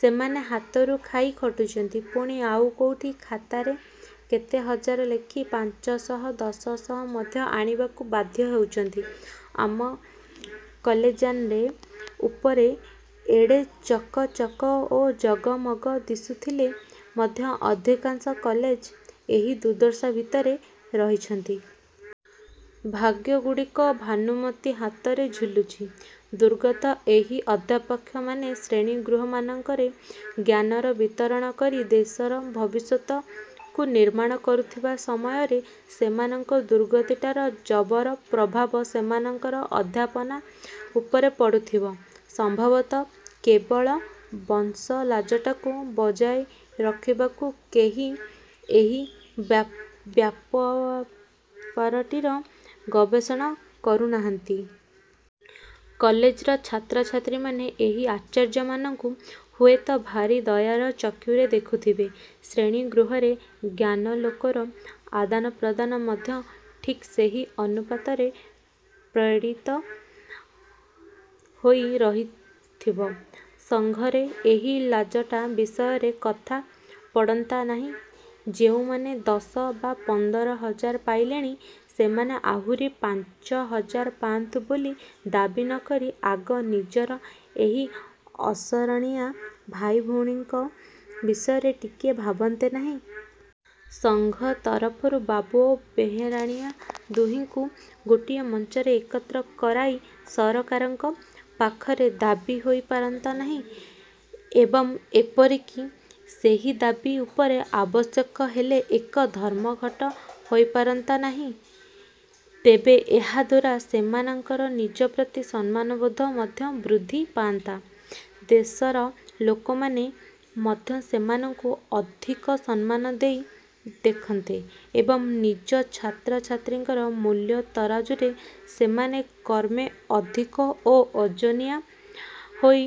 ସେମାନେ ହାତରୁ ଖାଇ ଖଟୁଛନ୍ତି। ପୁଣି ଆଉ କୋଉଠି ଖାତାରେ କେତେ ହଜାର ଲେଖି ପାଞ୍ଚଶହ ଦଶ ଶହ ମଧ୍ୟ ଆଣିବାକୁ ବାଧ୍ୟ ହେଉଛନ୍ତି। ଆମ କଲେଜ୍ମାନେ ଉପରେ ଏଡ଼େ ଚକ୍ ଚକ୍ ଓ ଜଗମଗ ଦିଶୁଥିଲେ ମଧ୍ୟ ଅଧିକାଂଶ କଲେଜ ଏହି ଦୁର୍ଦ୍ଦଶା ଭିତରେ ରହିଛନ୍ତି। ଭାଗ୍ୟଗୁଡ଼ିକ ଭାନୁମତୀ ହାତରେ ଝୁଲୁଛି। ଦୁର୍ଗତ ଏହି ଅଧ୍ୟାପକମାନେ ଶ୍ରେଣୀଗୃହମାନଙ୍କରେ ଜ୍ଞାନର ବିତରଣ କରି ଦେଶର ଭବିଷ୍ୟତକୁ ନିର୍ମାଣ କରୁଥିବା ସମୟରେ ସେମାନଙ୍କ ଦୁର୍ଗତିଟାର ଜବର ପ୍ରଭାବ ସେମାନଙ୍କର ଅଧ୍ୟାପନା ଉପରେ ପଡୁଥିବ। ସମ୍ଭବତଃ କେବଳ ବଂଶଲାଜଟାକୁ ବଜାୟ ରଖିବାକୁ କେହି ଏହି ବ୍ୟାପାରଟିର ଗବେଷଣା କରୁନାହାନ୍ତି। କଲେଜର ଛାତ୍ରଛାତ୍ରୀମାନେ ଏହି ଆଚାର୍ଯ୍ୟମାନଙ୍କୁ ହୁଏତ ଭାରି ଦୟାର ଚକ୍ଷୁରେ ଦେଖୁଥିବେ। ଶ୍ରେଣୀ-ଗୃହରେ ଜ୍ଞାନାଲୋକର ଆଦାନପ୍ରଦାନ ମଧ୍ୟ ଠିକ୍ ସେହି ଅନୁପାତରେ ପ୍ରପୀଡ଼ିତ ହୋଇ ରହିଥିବ। ସଂଘରେ ଏହି ଲାଜଟା ବିଷୟରେ କଥା ପଡ଼ନ୍ତା ନାହିଁ? ଯେଉଁମାନେ ଦଶ ବା ପନ୍ଦର ହଜାର ପାଇଲେଣି, ସେମାନେ ଆହୁରି ପାଞ୍ଚ ହଜାର ପାଆନ୍ତୁ ବୋଲି ଦାବି ନକରି ଆଗ ନିଜର ଏହି ଅସରଣିଆ ଭାଇଭଉଣୀଙ୍କ ବିଷୟରେ ଟିକିଏ ଭାବନ୍ତେ ନାହିଁ? ସଂଘ ତରଫରୁ ବାବୁ ଓ ବେହେରାଣିଆ ଦୁହିଁଙ୍କୁ ଗୋଟିଏ ମଞ୍ଚରେ ଏକତ୍ର କରାଇ ସରକାରଙ୍କ ପାଖରେ ଦାବି ହୋଇ ପାରନ୍ତା ନାହିଁ ଏବଂ ଏପରିକି ସେହି ଦାବି ଉପରେ ଆବଶ୍ୟକ ହେଲେ ଏକ ଧର୍ମଘଟ ହୋଇପାରନ୍ତା ନାହିଁ? ତେବେ, ଏହାଦ୍ୱାରା ସେମାନଙ୍କର ନିଜ ପ୍ରତି ସମ୍ମାନବୋଧ ମଧ୍ୟ ବୃଦ୍ଧି ପାଆନ୍ତା, ଦେଶର ଲୋକମାନେ ମଧ୍ୟ ସେମାନଙ୍କୁ ଅଧିକ ସମ୍ମାନ ଦେଇ ଦେଖନ୍ତେ ଏବଂ ନିଜ ଛାତ୍ରଛାତ୍ରୀଙ୍କର ମୂଲ୍ୟତରାଜୁରେ ସେମାନେ କ୍ରମେ ଅଧିକ ଓଜନିଆ ହୋଇ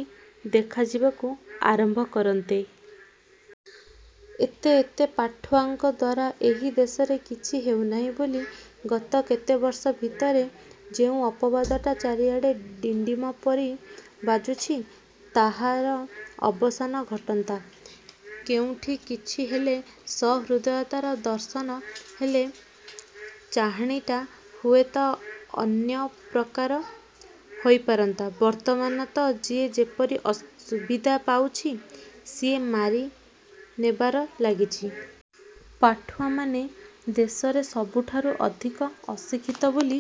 ଦେଖାଯିବାକୁ ଆରମ୍ଭ କରନ୍ତେ। ଏତେ ଏତେ ପାଠୁଆଙ୍କ ଦ୍ଵାରା ଏହି ଦେଶରେ କିଛି ହେଉନାହିଁ ବୋଲି ଗତ କେତେବର୍ଷ ଭିତରେ ଯେଉଁ ଅପବାଦଟା ଚାରିଆଡ଼େ ଡ଼ିଣ୍ଡିମ ପରି ବାଜୁଛି, ତାହାର ଅବସାନ ଘଟନ୍ତା। କେଉଁଠି କିଛି ହେଲେ ସହୃଦୟତାର ଦର୍ଶନ ହେଲେ ଚାହାଣିଟା ହୁଏତ ଅନ୍ୟ ପ୍ରକାର ହୋଇପାରନ୍ତା। ବର୍ତ୍ତମାନ ତ ଯିଏ ଯେପରି ସୁବିଧା ପାଉଛି, ସିଏ ମାରି ନେବାରେ ଲାଗିଛି। ପାଠୁଆମାନେ ଦେଶରେ ସବୁଠାରୁ ଅଧିକ ଅଶିକ୍ଷିତ ବୋଲି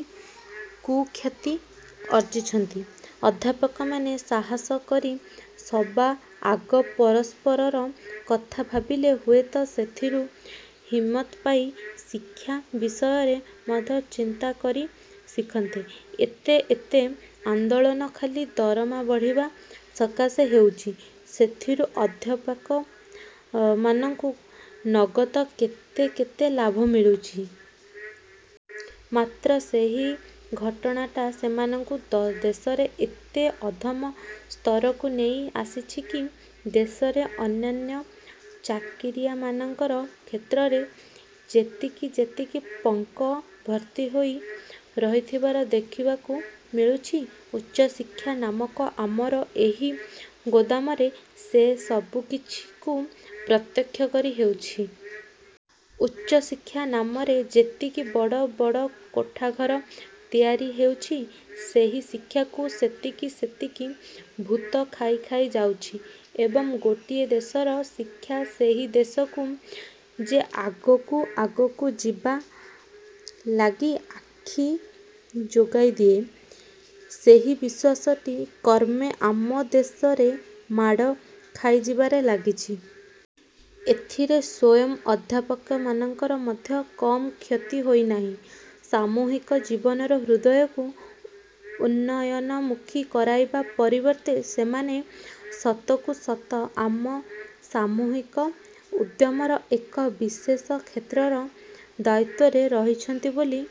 କୁଖ୍ୟାତି ଅର୍ଜିଛନ୍ତି। ଅଧ୍ୟାପକମାନେ ସାହସ କରି ସବାଆଗ ପରସ୍ପରର କଥା ଭାବିଲେ ହୁଏତ ସେଇଥିରୁ ହିମତ ପାଇ ଶିକ୍ଷା ବିଷୟରେ ମଧ୍ୟ ଚିନ୍ତା କରି ଶିଖନ୍ତେ। ଏତେ ଏତେ ଆନ୍ଦୋଳନ ଖାଲି ଦରମା ବଢ଼ିବା ସକାଶେ ହେଉଛି, ସେଥିରୁ ଅଧ୍ୟାପକମାନଙ୍କୁ ନଗଦ କେତେ କେତେ ଲାଭ ମିଳିଛି। ମାତ୍ର ସେହି ଘଟଣାଟା ସେମାନଙ୍କୁ ଦେଶରେ ଏତେ ଅଧମ ସ୍ତରକୁ ନେଇ ଆସିଛି କି? ଦେଶରେ ଅନ୍ୟାନ୍ୟ ଚାକିରିଆମାନଙ୍କର କ୍ଷେତ୍ରରେ ଯେତିକି ଯେତିକି ପଙ୍କ ଭର୍ତ୍ତି ହୋଇ ରହିଥିବାର ଦେଖିବାକୁ ମିଳୁଛି, ଉଚ୍ଚଶିକ୍ଷା ନାମକ ଆମର ଏହି ଗୋଦାମରେ ସେହି ସବୁକିଛିକୁ ପ୍ରତ୍ୟକ୍ଷ କରି ହେଉଛି। ଉଚ୍ଚଶିକ୍ଷା ନାମରେ ଯେତିକି ବଡ଼ ବଡ଼ କୋଠାଘର ତିଆରି ହେଉଛି, ସେହି ଶିକ୍ଷାକୁ ସେତିକି ସେତିକି ଭୂତ ଖାଇ ଖାଇ ଯାଉଛି ଏବଂ ଗୋଟିଏ ଦେଶର ଶିକ୍ଷା ସେହି ଦେଶକୁ ଯେ ଆଗକୁ ଆଗକୁ ଯିବା ଲାଗି ଆଖି ଯୋଗାଇଦିଏ, ସେହି ବିଶ୍ୱାସଟି କ୍ରମେ ଆମ ଦେଶରେ ମାଡ଼ ଖାଇଯିବାରେ ଲାଗିଛି। ଏଥିରେ ସ୍ୱୟଂ ଅଧ୍ୟାପକମାନଙ୍କର ମଧ୍ୟ କମ୍ କ୍ଷତି ହୋଇନାହିଁ? ସାମୂହିକ ଜୀବନର ହୃଦୟକୁ ଉନ୍ନୟନମୁଖୀ କରାଇବା ପରିବର୍ତ୍ତେ ସେମାନେ ସତକୁ ସତ ଆମ ସାମୂହିକ ଉଦ୍ୟମର ଏକ ବିଶେଷ କ୍ଷେତ୍ରର ଦାୟିତ୍ୱରେ ରହିଛନ୍ତି ବୋଲି